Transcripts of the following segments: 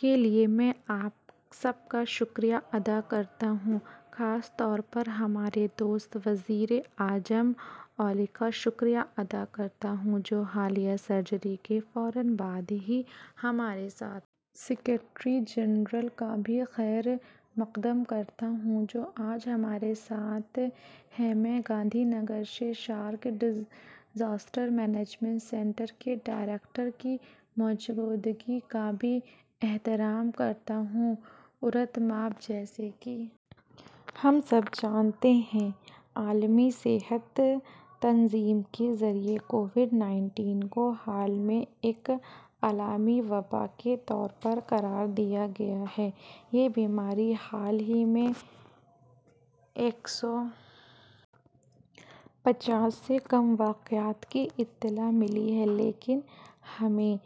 کے لیے میں آپ سب کا شکریہ ادا کرتا ہوں میں خاص طور پر ہمارے دوست وزیر اعظم اولی کا شکریہ ادا کرتا ہوں جو حالیہ سرجری کے فوراً بعد ہی ہمارے ساتھ سکریٹری جنرل کا بھی خیرمقدم کرتا ہوں جو آج ہمارے ساتھ ہیں میں گاندھی نگر سے سارک ڈیزاسٹر مینجمنٹ سنٹر کے ڈائریکٹر کی موجودگی کا بھی احترام کرتا ہوں عزت مآب جیسا کہ ہم سب جانتے ہیں عالمی صحت تنظیم کے ذریعہ کووڈ انیس کو حال ہی میں ایک عالمگیر وبا کے طور پر درجہ بند کیا گیا ہے ہمارے خطے میں اب تک ایک سو پچاس سے کم واقعات کی اطلاع ملی ہے لیکن ہمیں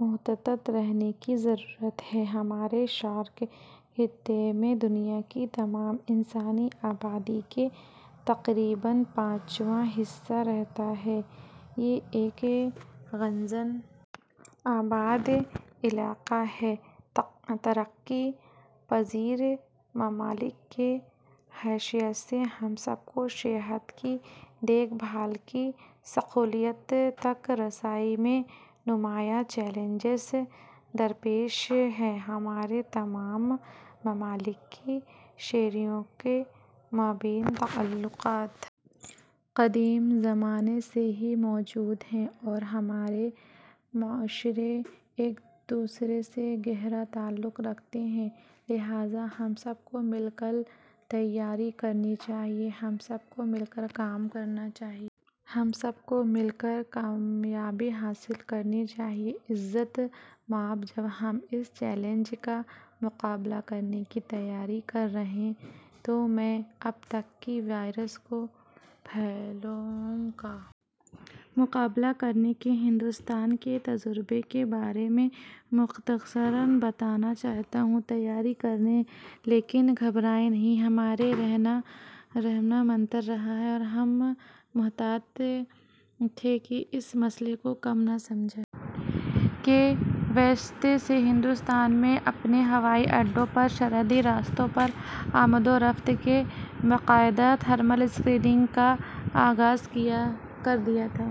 محتاط رہنے کی ضرورت ہے ہمارے سارک خطے میں دنیا کی تمام انسانی آبادی کا تقریباً پانچواں حصہ رہتا ہے یہ ایک گنجان آباد علاقہ ہے ترقی پذیر ممالک کی حیثیت سے ہم سب کو صحت کی دیکھ بھال کی سہولیات تک رسائی میں نمایاں چیلنجز درپیش ہیں ہمارے تمام ممالک کے شہریوں کے مابین تعلقات قدیم زمانے سے ہی موجود ہیں اور ہمارے معاشرے ایک دوسرے سے گہرا تعلق رکھتے ہیں لہذا ہم سب کو مل کر تیاری کرنی چاہیے ہم سب کو مل کر کام کرنا چاہیے اور ہم سب کو مل کر کامیابی حاصل کرنی چاہیے عزت مآب جب ہم اس چیلنج کا مقابلہ کرنے کی تیاری کر رہے ہیں تو میں اب تک اس وائرس کے پھیلاؤ کا مقابلہ کرنے کے ہندوستان کے تجربے کے بارے میں مختصراً بتانا چاہتا ہوں تیاری کریں لیکن گھبرائیں نہیں ہمارا رہنما منتر رہا ہے ہم محتاط تھے کہ اس مسئلے کو کم نہ سمجھا کے وسط سے ہی ہندوستان میں اپنے ہوائی اڈوں اور سرحدی راستوں پر آمد و رفت کی باقاعدہ تھرمل اسکریننگ کا آغاز کر دیا تھا